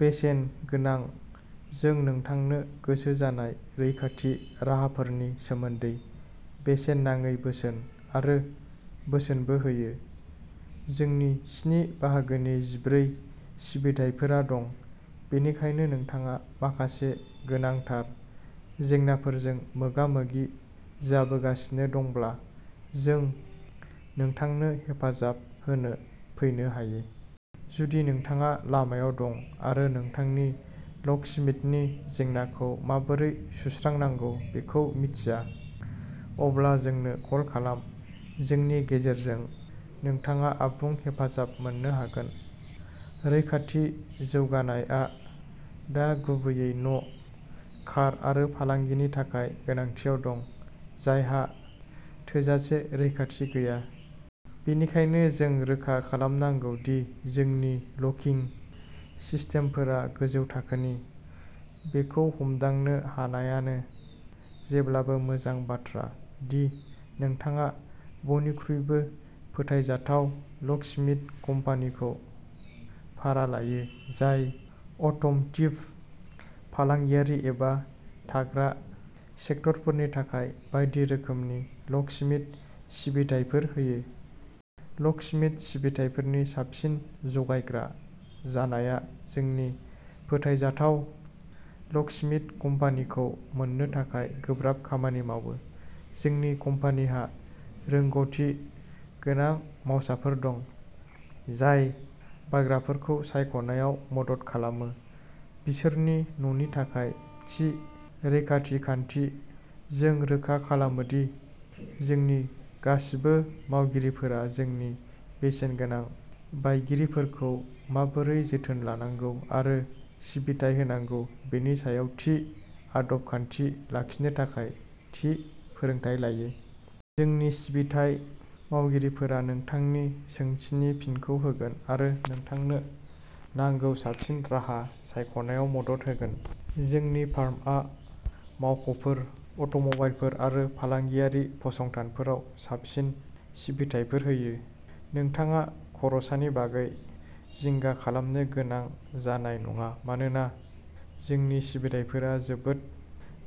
बेसेन गोनां जों नोंथांनो गोसो जानाय रैखाथि राहाफोरनि सोमोन्दै बेसेन नाङै बोसोन आरो बोसोनबो होयो। जोंनि स्नि बाहागोनि जिब्रै सिबिथाइफोरा दं, बेनिखायनो नोंथाङा माखासे गोनांथार जेंनाफोरजों मोगा-मोगि जाबोगासिनो दंब्ला, जों नोंथांनो हेफाजाब होनो फैनो हायो। जुदि नोंथाङा लामायाव दं आरो नोंथांनि लकस्मिथनि जेंनाखौ माबोरै सुस्रांनांगौ बेखौ मिथिया, अब्ला जोंनो कल खालाम। जोंनि गेजेरजों, नोंथाङा आबुं हेफाजाब मोन्नो हागोन। रैखाथि जौगानायआ दा गुबैयै न', कार आरो फालांगिनि थाखाय गोनांथियाव दं, जायहा थोजासे रैखाथि गैया। बेनिखायनो, जों रोखा खालामनांगौ दि जोंनि लकिं सिस्टेमफोरा गोजौ थाखोनि। बेखौ हमदांनो हानायानो जेब्लाबो मोजां बाथ्रा दि नोंथाङा बयनिख्रुइबो फोथायजाथाव लकस्मिथ कम्पानिखौ भारा लायो, जाय अट'म'टिभ, फालांगियारि एबा थाग्रा सेक्टरफोरनि थाखाय बायदि रोखोमनि लकस्मिथ सिबिथाइफोर होयो। लकस्मिथ सिबिथाइफोरनि साबसिन जगायग्रा जानाया जोंनि फोथायजाथाव लकस्मिथ कम्पानिखौ मोन्नो थाखाय गोब्राब खामानि मावो। जोंनि कम्पानिहा रोंग'थि गोनां मावसाफोर दं, जाय बायग्राफोरखौ सायख'नायाव मदद खालामो। बिसोरनि न'नि थाखाय थि रैखाथि खान्थि। जों रोखा खालामो दि जोंनि गासिबो मावगिरिफोरा जोंनि बेसेनगोनां बायगिरिफोरखौ माबोरै जोथोन लानांगौ आरो सिबिथाइ होनांगौ बेनि सायाव थि आदब-खान्थि लाखिनो थाखाय थि फोरोंथाय लायो। जोंनि सिबिथाइ मावगिरिफोरा नोंथांनि सोंथिनि फिनखौ होगोन आरो नोंथांनो नांगौ साबसिन राहा सायख'नायाव मदद होगोन। जोंनि फार्मआ मावख'फोर, अट'मबाइलफोर आरो फालांगियारि फसंथानफोराव साबसिन सिबिथाइफोर होयो। नोंथाङा खरसानि बागै जिंगा खालामनो गोनां जानाय नङा मानोना जोंनि सिबिथाइफोरा जोबोद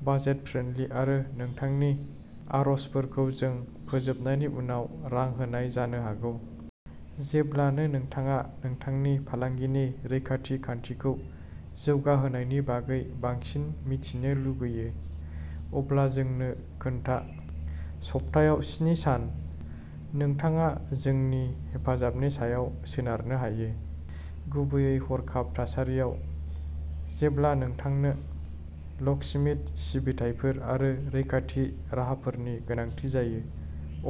बाजेट-फ्रेन्डलि आरो नोंथांनि आर'जफोरखौ जों फोजोबनायनि उनाव रां होनाय जानो हागौ। जेब्लानो नोंथाङा नोंथांनि फालांगिनि रैखाथि खान्थिखौ जौगाहोनायनि बागै बांसिन मिथिनो लुगैयो, अब्ला जोंनो खोन्था। सप्तायाव स्नि सान, नोंथाङा जोंनि हेफाजाबनि सायाव सोनारनो हायो, गुबैयै हरखाब थासारियाव। जेब्ला नोंथांनो लकस्मिथ सिबिथाइफोर आरो रैखाथि राहाफोरनि गोनांथि जायो,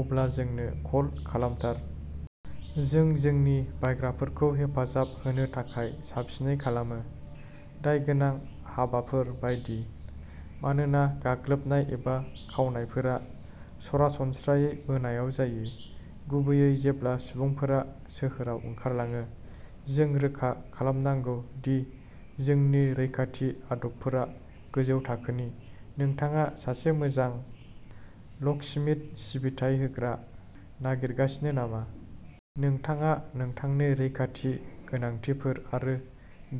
अब्ला जोंनो कल खालामथार। जों जोंनि बायग्राफोरखौ हेफाजाब होनो थाखाय साबसिनै खालामो। दायगोनां हाबाफोर बायदि। मानोना गाग्लोबनाय एबा खावनायफोरा सरासनस्रायै मोनायाव जायो, गुबैयै जेब्ला सुबुंफोरा सोहोराव ओंखारलाङो। जों रोखा खालामनांगौ दि जोंनि रैखाथि आदबफोरा गोजौ थाखोनि। नोंथाङा सासे मोजां लकस्मिथ सिबिथाइ होग्रा नागिरगासिनो नामा? नोंथाङा नोंथांनि रैखाथि गोनांथिफोर आरो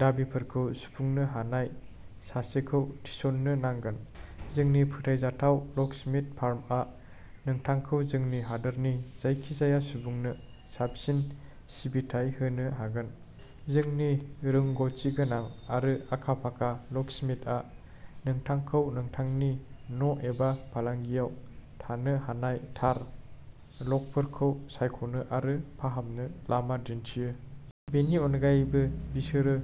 दाबिफोरखौ सुफुंनो हानाय सासेखौ थिसननो नांगोन। जोंनि फोथायजाथाव लकस्मिथ फार्मआ नोंथांखौ जोंनि हादोरनि जायखिजाया सुबुंनो साबसिन सिबिथाइ होनो हागोन। जोंनि रोंग'थिगोनां आरो आखा-फाखा लकस्मिथआ नोंथांखौ नोंथांनि न'एबा फालांगियाव थानो हानाय थार लकफोरखौ सायख'नो आरो फाहामनो लामा दिन्थिगोन। बेनि अनगायैबो, बिसोरो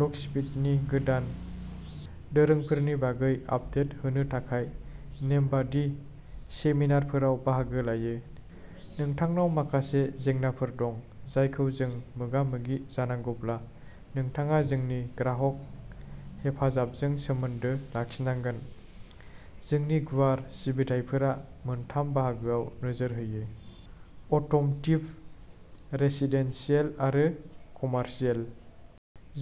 लकस्मिथनि गोदान दोरोंफोरनि बागै आपडेट होनो थाखाय नेमबादि सेमिनारफोराव बाहागो लायो। नोंथांनाव माखासे जेंनाफोर दं जायखौ जों मोगा-मोगि जानांगौब्ला, नोंथाङा जोंनि ग्राहक हेफाजाबजों सोमोन्दो लाखिनांगोन। जोंनि गुवार सिबिथाइफोरा मोनथाम बाहागोआव नोजोर होयो अट'म'टिभ, रेसिदेन्सियेल आरो कमार्शियेल।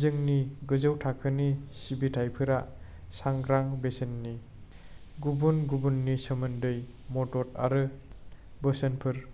जोंनि गोजौ थाखोनि सिबिथाइफोरा सांग्रां बेसेननि। गुबुन गुबुननि सोमोन्दै मदद आरो बोसोनफोर।